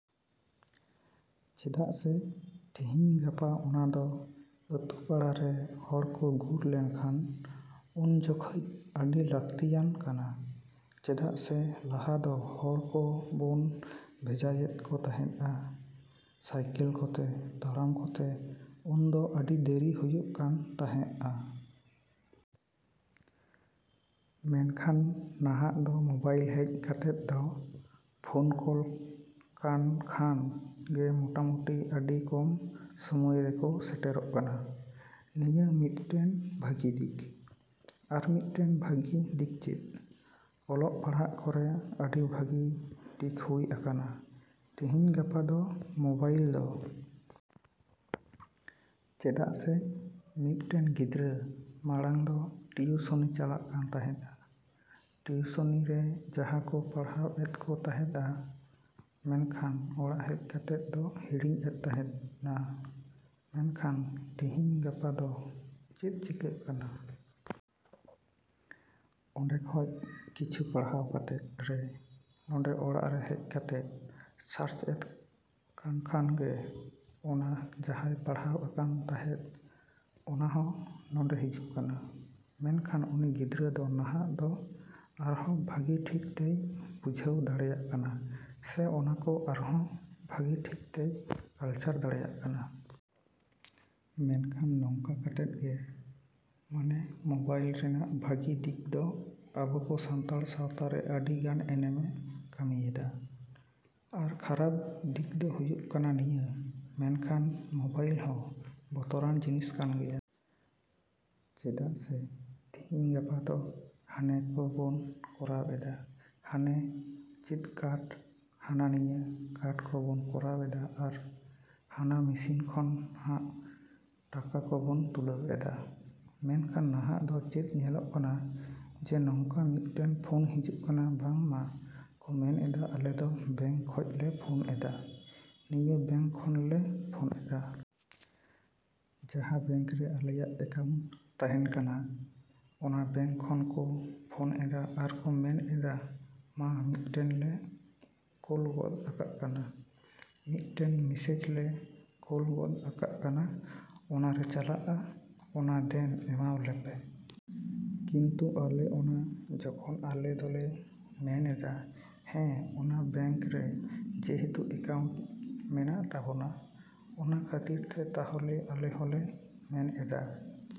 ᱪᱮᱫᱟᱜ ᱥᱮ ᱛᱤᱦᱤᱧ ᱜᱟᱯᱟ ᱚᱱᱟᱫᱚ ᱟᱹᱛᱩ ᱯᱟᱲᱟ ᱨᱮ ᱦᱚᱲ ᱠᱚ ᱜᱩᱨ ᱞᱮᱱ ᱠᱷᱟᱱ ᱩᱱᱡᱚᱠᱷᱟᱹᱡ ᱟᱹᱰᱤ ᱞᱟᱹᱠᱛᱤᱭᱟᱱ ᱠᱟᱱᱟ᱾ ᱪᱮᱫᱟᱜ ᱥᱮ ᱞᱟᱦᱟ ᱫᱚ ᱦᱚᱲ ᱠᱚ ᱵᱚᱱ ᱵᱷᱮᱡᱟᱭᱮᱫ ᱠᱚ ᱛᱟᱦᱮᱸᱫᱼᱟ ᱥᱟᱭᱠᱮᱞ ᱠᱚᱛᱮ, ᱛᱟᱲᱟᱢ ᱠᱚᱛᱮ᱾ ᱩᱱᱫᱚ ᱟᱹᱰᱤ ᱫᱮᱨᱤ ᱦᱩᱭᱩᱜ ᱠᱟᱱ ᱛᱟᱦᱮᱸᱜᱼᱟ᱾ ᱢᱮᱱᱠᱷᱟᱱ ᱱᱟᱦᱟᱜ ᱫᱚ ᱢᱚᱵᱟᱭᱤᱞ ᱦᱮᱡ ᱠᱟᱛᱮᱫ ᱫᱚ ᱯᱷᱚᱱ ᱠᱚᱞ ᱠᱟᱱ ᱠᱷᱟᱱ ᱜᱮ ᱢᱚᱴᱟᱢᱩᱴᱤ ᱟᱹᱰᱤ ᱠᱚᱢ ᱥᱚᱢᱚᱭ ᱨᱮᱠᱚ ᱥᱮᱴᱮᱨᱚᱜ ᱠᱟᱱᱟ᱾ ᱱᱤᱭᱟᱹ ᱢᱤᱫᱴᱮᱱ ᱵᱷᱟᱹᱜᱤ ᱫᱤᱠ᱾ ᱟᱨ ᱢᱤᱫᱴᱮᱱ ᱵᱷᱟᱹᱜᱤ ᱫᱤᱠ ᱪᱮᱫ? ᱚᱞᱚᱜ ᱯᱟᱲᱦᱟᱜ ᱠᱚᱨᱮ ᱟᱹᱰᱤ ᱵᱷᱟᱹᱜᱤ ᱫᱤᱠ ᱦᱩᱭ ᱟᱠᱟᱱᱟ ᱛᱤᱦᱤᱧ ᱜᱟᱯᱟ ᱫᱚ ᱢᱚᱵᱟᱭᱤᱞ ᱫᱚ᱾ ᱪᱮᱫᱟᱜ ᱥᱮ ᱢᱤᱫᱴᱮᱱ ᱜᱤᱫᱽᱨᱟᱹ ᱢᱟᱲᱟᱝ ᱫᱚ ᱴᱤᱭᱩᱥᱚᱱᱤ ᱪᱟᱞᱟᱜ ᱠᱟᱱ ᱛᱟᱦᱮᱸᱫᱼᱟ᱾ ᱴᱤᱭᱩᱥᱚᱱᱤ ᱨᱮ ᱡᱟᱦᱟᱸ ᱠᱚ ᱯᱟᱲᱦᱟᱣ ᱮᱫ ᱠᱚ ᱛᱟᱦᱮᱸᱫᱼᱟ, ᱢᱮᱱᱠᱷᱟᱱ ᱚᱲᱟᱜ ᱦᱮᱡ ᱠᱟᱛᱮᱫ ᱫᱚ ᱦᱤᱲᱤᱧ ᱮᱫ ᱛᱟᱦᱮᱸᱱᱟ᱾ ᱢᱮᱱᱠᱷᱟᱱ ᱛᱤᱦᱤᱧ ᱜᱟᱯᱟ ᱫᱚ ᱪᱮᱫ ᱪᱤᱠᱟᱜ ᱠᱟᱱᱟ? ᱚᱸᱰᱮ ᱠᱷᱚᱡ ᱠᱤᱪᱷᱩ ᱯᱟᱲᱦᱟᱣ ᱠᱟᱛᱮᱫ ᱨᱮ ᱱᱚᱰᱮ ᱚᱲᱟᱜ ᱨᱮ ᱦᱮᱡ ᱠᱟᱛᱮᱫ ᱥᱟᱨᱪ ᱮᱫ ᱠᱟᱱ ᱠᱷᱟᱱ ᱜᱮ ᱚᱱᱟ ᱡᱟᱦᱟᱸᱭ ᱯᱟᱲᱦᱟᱣ ᱟᱠᱟᱱ ᱛᱟᱦᱮᱸᱫ, ᱚᱱᱟ ᱦᱚᱸ ᱱᱚᱰᱮ ᱦᱤᱡᱩᱜ ᱠᱟᱱᱟ᱾ ᱢᱮᱱᱠᱷᱟᱱ ᱩᱱᱤ ᱜᱤᱫᱽᱨᱟᱹ ᱫᱚ ᱱᱟᱦᱟᱜ ᱫᱚ ᱟᱨᱦᱚᱸ ᱵᱷᱟᱹᱜᱤ ᱴᱷᱤᱠ ᱛᱮᱭ ᱵᱩᱡᱷᱟᱹᱣ ᱫᱟᱲᱮᱭᱟᱜ ᱠᱟᱱᱟ ᱥᱮ ᱚᱱᱟ ᱠᱚ ᱟᱨᱦᱚᱸ ᱵᱷᱟᱹᱜᱤ ᱴᱷᱤᱠ ᱛᱮᱭ ᱠᱟᱞᱪᱟᱨ ᱫᱟᱲᱮᱭᱟᱜ ᱠᱟᱱᱟ᱾ ᱢᱮᱱᱠᱷᱟᱱ ᱱᱚᱝᱠᱟ ᱠᱟᱛᱮᱫ ᱜᱮ ᱢᱟᱱᱮ ᱢᱚᱵᱟᱭᱤᱞ ᱨᱮᱱᱟᱜ ᱵᱷᱟᱹᱜᱤ ᱫᱤᱠ ᱫᱚ ᱟᱵᱚ ᱠᱚ ᱥᱟᱱᱛᱟᱲ ᱥᱟᱶᱛᱟ ᱨᱮ ᱟᱹᱰᱤ ᱜᱟᱱ ᱮᱱᱮᱢᱮ ᱠᱟᱹᱢᱤᱭᱮᱫᱟ᱾ ᱟᱨ ᱠᱷᱟᱨᱟᱯ ᱫᱤᱠ ᱫᱚ ᱦᱩᱭᱩᱜ ᱠᱟᱱᱟ ᱱᱤᱭᱟᱹ᱾ ᱢᱮᱱᱠᱷᱟᱱ ᱢᱚᱵᱟᱭᱤᱞ ᱦᱚᱸ ᱵᱚᱛᱚᱨᱟᱱ ᱡᱤᱱᱤᱥ ᱠᱟᱱ ᱜᱮᱭᱟ᱾ ᱪᱮᱫᱟᱜ ᱥᱮ ᱛᱤᱦᱤᱧ ᱜᱟᱯᱟ ᱫᱚ ᱦᱟᱱᱮ ᱠᱚ ᱵᱚᱱ ᱠᱚᱨᱟᱣ ᱮᱫᱟ, ᱦᱟᱱᱮ ᱪᱮᱫ ᱠᱟᱨᱰ, ᱦᱟᱱᱟ ᱱᱤᱭᱟᱹ ᱠᱟᱨᱰ ᱠᱚ ᱵᱚᱱ ᱠᱚᱨᱟᱣ ᱮᱫᱟ ᱟᱨ ᱦᱟᱱᱟ ᱢᱮᱥᱤᱱ ᱠᱷᱚᱱ ᱦᱟᱜ ᱴᱟᱠᱟ ᱠᱚ ᱵᱚᱱ ᱛᱩᱞᱟᱹᱣ ᱮᱫᱟ᱾ ᱢᱮᱱᱠᱷᱟᱱ ᱱᱟᱦᱟᱜ ᱫᱚ ᱪᱮᱫ ᱧᱮᱞᱚᱜ ᱠᱟᱱᱟ ᱡᱮ ᱱᱚᱝᱠᱟ ᱢᱤᱫᱴᱮᱱ ᱯᱷᱳᱱ ᱦᱤᱡᱩᱜ ᱠᱟᱱᱟ ᱵᱟᱝ ᱢᱟ ᱠᱚ ᱢᱮᱱ ᱮᱫᱟ ᱟᱞᱮᱫᱚ ᱵᱮᱝᱠ ᱠᱷᱚᱡ ᱞᱮ ᱯᱷᱳᱱ ᱮᱫᱟ, ᱱᱤᱭᱟᱹ ᱵᱮᱝᱠ ᱠᱷᱚᱱ ᱞᱮ ᱯᱷᱳᱱ ᱮᱫᱟ᱾ ᱡᱟᱦᱟᱸ ᱵᱮᱝᱠ ᱨᱮ ᱟᱞᱮᱭᱟᱜ ᱮᱠᱟᱣᱩᱱᱴ ᱛᱟᱦᱮᱸᱱ ᱠᱟᱱᱟ, ᱚᱱᱟ ᱵᱮᱝᱠ ᱠᱷᱚᱱ ᱠᱚ ᱯᱷᱳᱱ ᱮᱫᱟ ᱟᱨ ᱠᱚ ᱢᱮᱱ ᱮᱫᱟ ᱢᱟ ᱢᱤᱫᱴᱮᱱ ᱞᱮ ᱠᱚᱞ ᱜᱚᱫ ᱟᱠᱟᱜ ᱠᱟᱱᱟ, ᱢᱤᱫᱴᱮᱱ ᱢᱮᱥᱮᱡ ᱞᱮ ᱠᱚᱞ ᱜᱚᱫ ᱟᱠᱟᱜ ᱠᱟᱱᱟ᱾ ᱚᱱᱟ ᱨᱮ ᱪᱟᱞᱟᱜᱼᱟ, ᱚᱱᱟ ᱫᱮᱱ ᱮᱢᱟᱣᱟᱞᱮ ᱯᱮ᱾ ᱠᱤᱱᱛᱩ ᱟᱞᱮ ᱚᱱᱟ ᱡᱚᱠᱷᱚᱱ ᱟᱞᱮ ᱫᱚᱞᱮ ᱢᱮᱱᱮᱫᱟ ᱦᱮᱸ ᱚᱱᱟ ᱵᱮᱝᱠ ᱨᱮ ᱡᱮᱦᱮᱛᱩ ᱟᱠᱟᱣᱩᱱᱴ ᱢᱮᱱᱟᱜ ᱛᱟᱵᱚᱱᱟ, ᱚᱱᱟ ᱠᱷᱟᱹᱛᱤᱨ ᱛᱮ ᱛᱟᱦᱚᱞᱮ ᱟᱞᱮ ᱦᱚᱸᱞᱮ ᱢᱮᱱ ᱮᱫᱟᱼᱼ